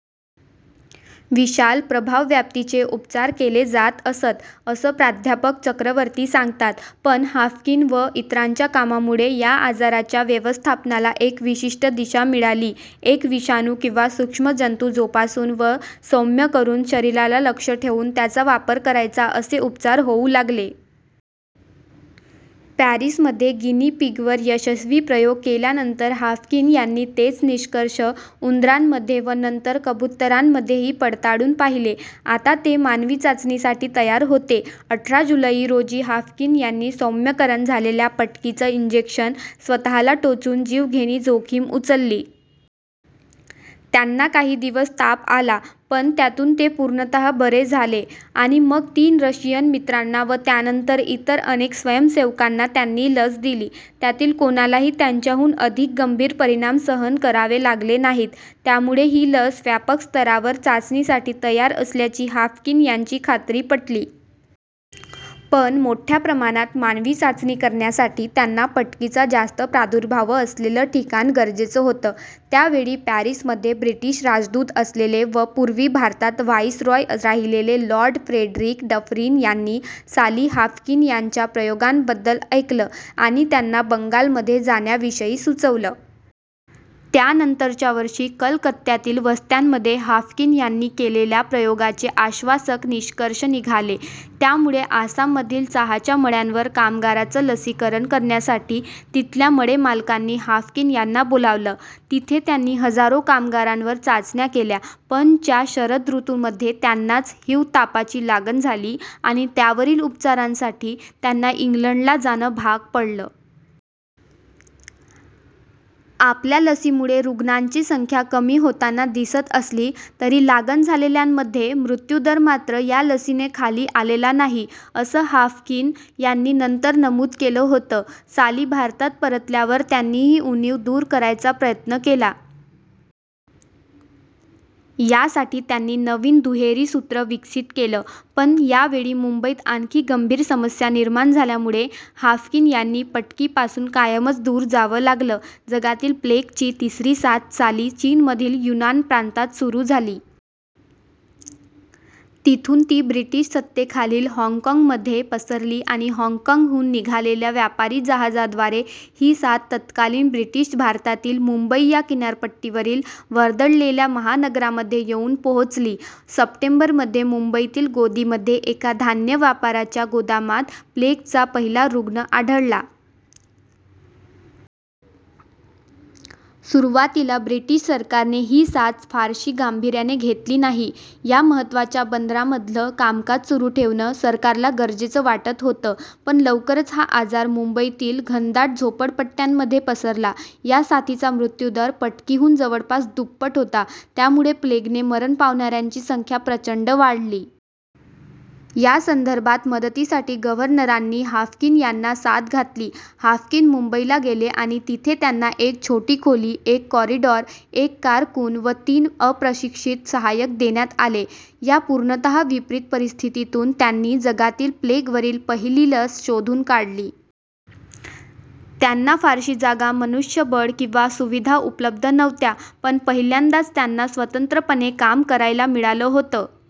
विशाल प्रभावव्याप्तीचे उपचार केले जात असत, असं प्राध्यापक चक्रवर्ती सांगतात पण हाफकिन व इतरांच्या कामामुळे या आजाराच्या व्यवस्थापनाला एक विशिष्ट दिशा मिळाली एक विषाणू किंवा सूक्ष्म जंतू जोपासून व सौम्य करून शरीराला लक्ष्य ठेवून त्याचा वापर करायचा, असे उपचार होऊ लागले. पॅरिसमध्ये गिनी पिगवर यशस्वी प्रयोग केल्यानंतर हाफकिन यांनी तेच निष्कर्ष उंदरांमध्ये व नंतर कबुतरांमध्येही पडताळून पाहिले. आता ते मानवी चाचणीसाठी तयार होते. अठरा जुलै रोजी हाफकिन यांनी सौम्यकरण झालेल्या पटकीचं इंजेक्शन स्वतःला टोचून जीवघेणी जोखीम उचलली. त्यांना काही दिवस ताप आला, पण त्यातून ते पूर्णतः बरे झाले, आणि मग तीन रशियन मित्रांना व त्यानंतर इतर अनेक स्वयंसेवकांना त्यांनी लस दिली. त्यातील कोणालाही त्यांच्याहून अधिक गंभीर परिणाम सहन करावे लागले नाहीत, त्यामुळे ही लस व्यापक स्तरावर चाचणीसाठी तयार असल्याची हाफकिन यांची खात्री पटली. पण मोठ्या प्रमाणात मानवी चाचणी करण्यासाठी त्यांना पटकीचा जास्त प्रादुर्भाव असलेलं ठिकाण गरजेचं होतं. त्या वेळी पॅरिसमध्ये ब्रिटिश राजदूत असलेले व पूर्वी भारतात व्हाइसरॉय राहिलेले लॉर्ड फ्रेडरिख डफरीन यांनी साली हाफकिन यांच्या प्रयोगांबद्दल ऐकलं आणि त्यांना बंगालमध्ये जाण्याविषयी सुचवलं. त्यानंतरच्या वर्षी कलकत्त्यातील वस्त्यांमध्ये हाफकिन यांनी केलेल्या प्रयोगांचे आश्वासक निष्कर्ष निघाले, त्यामुळे आसाममधील चहाच्या मळ्यांवर कामगारांचं लसीकरण करण्यासाठी तिथल्या मळेमालकांनी हाफकिन यांना बोलावलं. तिथे त्यांनी हजारो कामगारांवर चाचण्या केल्या, पण च्या शरद ऋतूमध्ये त्यांनाच हिवतापाची लागण झाली आणि त्यावरील उपचारांसाठी त्यांना इंग्लंडला जाणं भाग पडलं. आपल्या लसीमुळे रुग्णांची संख्या कमी होताना दिसत असली, तरी लागण झालेल्यांमधील मृत्युदर मात्र या लसीने खाली आलेला नाही, असं हाफकिन यांनी नंतर नमूद केलं होतं. साली भारतात परतल्यावर त्यांनी ही उणीव दूर करायचा प्रयत्न केला. यासाठी त्यांनी नवीन दुहेरी सूत्र विकसित केलं. पण या वेळी मुंबईत आणखी गंभीर समस्या निर्माण झाल्यामुळे हाफकिन यांनी पटकीपासून कायमचं दूर जावं लागलं. जगातील प्लेगची तिसरी साथ साली चीनमधील युनान प्रांतात सुरू झाली. तिथून ती ब्रिटिश सत्तेखालील हाँगकाँगमध्ये पसरली आणि हाँगकाँगहून निघालेल्या व्यापारी जहाजाद्वारे ही साथ तत्कालीन ब्रिटिश भारतातील मुंबई या किनारपट्टीवरील वर्दळलेल्या महानगरामध्ये येऊन पोहोचली. सप्टेंबर मध्ये मुंबईतील गोदीमध्ये एका धान्य व्यापाराच्या गोदामात प्लेगचा पहिला रुग्ण आढळला. सुरुवातीला ब्रिटिश सरकारने ही साथ फारशी गांभीऱ्याने घेतली नाही. या महत्त्वाच्या बंदरामधलं कामकाज सुरू ठेवणं सरकारला गरजेचं वाटत होतं. पण लवकरच हा आजार मुंबईतील घनदाट झोपडपट्ट्यांमध्ये पसरला या साथीचा मृत्युदर पटकीहून जवळपास दुप्पट होता, त्यामुळे प्लेगने मरण पावणाऱ्यांची संख्या प्रचंड वाढली. या संदर्भात मदतीसाठी गव्हर्नरांनी हाफकिन यांना साद घातली. हाफकिन मुंबईला गेले आणि तिथे त्यांना एक छोटी खोली, एक कॉरिडॉर, एक कारकून व तीन अप्रशिक्षित सहायक देण्यात आले. या पूर्णतः विपरित परिस्थितून त्यांनी जगातील प्लेगवरील पहिली लस शोधून काढली. त्यांना फारशी जागा, मनुष्यबळ किंवा सुविधा उपलब्ध नव्हत्या, पण पहिल्यांदाच त्यांना स्वतंत्रपणे काम करायला मिळालं होतं